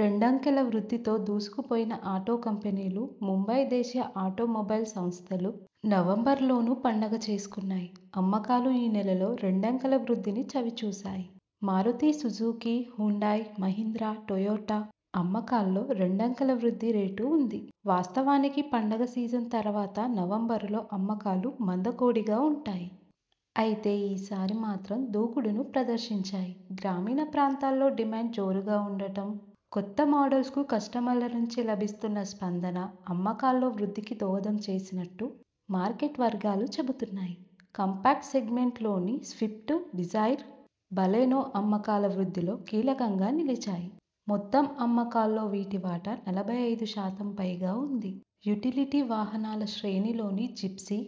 రెండంకెల వృద్ధితో దూసుకుపోయిన auto కంపెనీలు ముంబై దేశీయ automobile సంస్థలు నవంబరు లోనూ పండగ చేసుకున్నాయి. అమ్మకాలు ఈ నెలలో రెండంకెల వృద్ధిని చవి చూశాయి. Maruti Suzuki, Hyundai, Mahindra, Toyota అమ్మకాల్లో రెండంకెల వృద్ధి రేటు ఉంది. వాస్తవానికి పండగ సీజన్ తర్వాత నవంబరులో అమ్మకాలు మందకొడిగా ఉంటాయి. అయితే ఈ సారి మాత్రం దూకుడును ప్రదర్శించాయి. గ్రామీణ ప్రాంతాల్లో డిమాండ్ జోరుగా ఉండటం, కొత్త మోడల్స్కు కస్టమర్ల నుంచి లభిస్తున్న స్పందన అమ్మకాల్లో వృద్ధికి దోహదం చేసినట్టు మార్కెట్ వర్గాలు చెబుతున్నాయి. కాంపాక్ట్ సెగ్మెంట్లోని స్విఫ్ట్, డిజైర్, బాలెనో అమ్మకాల వృద్ధిలో కీలకంగా నిలిచాయి. మొత్తం అమ్మకాల్లో వీటి వాటా నలభై ఐదు శాతం పైగా ఉంది. యుటిలిటీ వాహనాల శ్రేణిలోని Gypsy,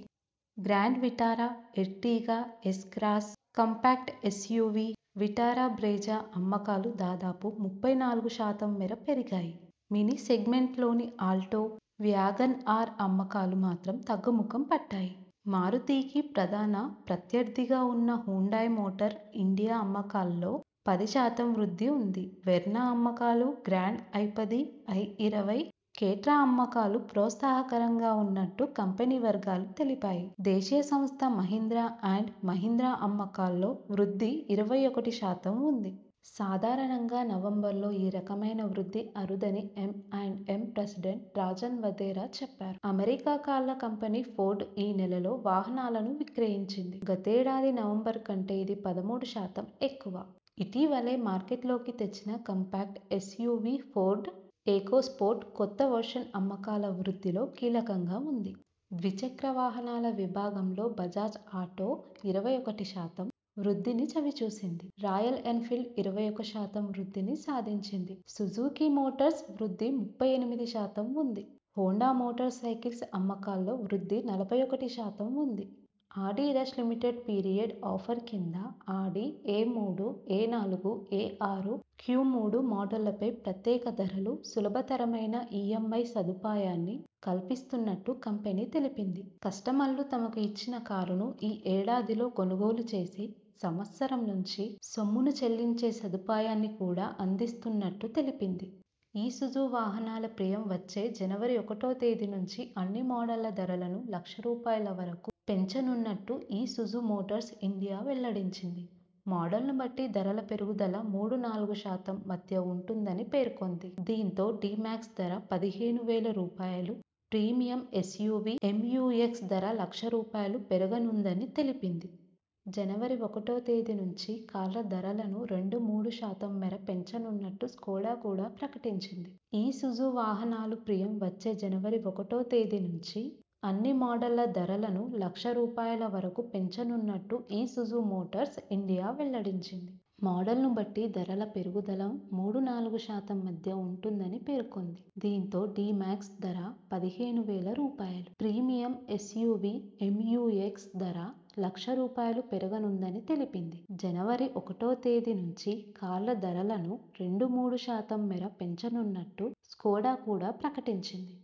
Grand Vitara, Ertiga, S Cross, compact SUV Vitara Brezza అమ్మకాలు దాదాపు ముప్పై నాలుగు శాతం మేర పెరిగాయి. మినీ సెగ్మెంట్లోని ఆల్టో, వ్యాగన్ ఆర్ అమ్మకాలు మాత్రం తగ్గుముఖం పట్టాయి. మారుతికి ప్రధాన ప్రత్యర్థిగా ఉన్న హ్యుండయ్ మోటార్ ఇండియా అమ్మకాల్లో పది శాతం వృద్ధి ఉంది. వెర్నా అమ్మకాలు, గ్రాండ్ ఐపది, ఐఇరవై, క్రెటా అమ్మకాలు ప్రోత్సాహకరంగా ఉన్నట్టు కంపెనీ వర్గాలు తెలిపాయి. దేశీయ సంస్థ మహీంద్రా అండ్ మహీంద్రా అమ్మకాల్లో వృద్ధి ఇరవై ఒకటి శాతం ఉంది. సాధారణంగా నవంబరులో ఈ రకమైన వృద్ధి అరుదని M and M president Rajan Wadhera చెప్పారు. అమెరికా కార్ల కంపెనీ ఫోర్డ్ ఈ నెలలో వాహనాలను విక్రయించింది. గతేడాది నవంబరు కంటే ఇది పదమూడు శాతం ఎక్కువ. ఇటీవలే మార్కెట్లోకి తెచ్చిన కాంపాక్ట్ ఎస్యువి ఫోర్డ్ ఎకోస్పోర్ట్ కొత్త వెర్షన్ అమ్మకాల వృద్ధిలో కీలకంగా ఉంది. ద్విచక్ర వాహనాల విభాగంలో బజాజ్ ఆటో ఇరవై ఒకటి శాతం, వృద్ధిని చవి చూసింది. రాయల్ ఎన్ఫీల్డ్ ఇరవై ఒకటి శాతం వృద్ధిని సాధించింది. సుజుకీ మోటార్స్ వృద్ధి ముప్పై ఎనిమిది శాతం ఉంది. హోండా మోటార్ సైకిల్స్ అమ్మకాల్లో వృద్ధి నలభై ఒకటి శాతం ఉంది. ఆడిరష్ లిమిటెడ్ పీరియడ్ ఆఫర్ కింద ఆడి ఎమూడు, ఎనాలుగు, ఎఆరు, క్యుమూడు మోడళ్లపై ప్రత్యేకమైన ధరలు, సులభ తరమైన ఈ‌ఎం‌ఐ సదుపాయాన్ని కల్పిస్తున్నట్టు కంపెనీ తెలిపింది. కస్టమర్లు తమకు నచ్చిన కారును ఈ ఏడాదిలో కొనుగోలు చేసి సంవత్సరం నుంచి సొమ్మును చెల్లించే సదుపాయాన్ని కూడా అందిస్తున్నట్టు తెలిపింది. ఇసుజు వాహనాలు ప్రియం వచ్చే జనవరి ఒకటో తేదీ నుంచి అన్ని మోడళ్ల ధరలను లక్ష రూపాయల వరకు పెంచనున్నట్టు ఇసుజు మోటార్స్ ఇండియా వెల్లడించింది. మోడల్ను బట్టి ధరల పెరుగుదల మూడు నాలుగు శాతం మధ్య ఉంటుందని పేర్కొంది. దీంతో డి మాక్స్ ధర పదిహేను వేల రూపాయలు, ప్రీమియం ఎస్యువి ఎంయు ఎక్స్ ధర లక్ష రూపాయలు పెరగనుందని తెలిపింది. జనవరి ఒకటో తేదీ నుంచి కార్ల ధరలను రెండు మూడు శాతం మేర పెంచనున్నట్టు స్కోడా కూడా ప్రకటించింది. ఇసుజు వాహనాలు ప్రియం వచ్చే జనవరి ఒకటో తేదీ నుంచి అన్ని మోడళ్ల ధరలను లక్ష రూపాయల వరకు పెంచనున్నట్టు ఇసుజు మోటార్స్ ఇండియా వెల్లడించింది. మోడల్ ను బట్టి ధరల పెరుగుదల మూడు నాలుగు శాతం మధ్య ఉంటుందని పేర్కొంది. దీంతో డి మాక్స్ ధర పదిహేను వేల రూపాయలు, ప్రీమియం ఎస్యువి ఎంయు ఎక్స్ ధర లక్ష రూపాయలు పెరగనుందని తెలిపింది. జనవరి ఒకటో తేదీ నుంచి కార్ల ధరలను రెండు మూడు శాతం మేర పెంచనున్నట్టు స్కోడా కూడా ప్రకటించింది.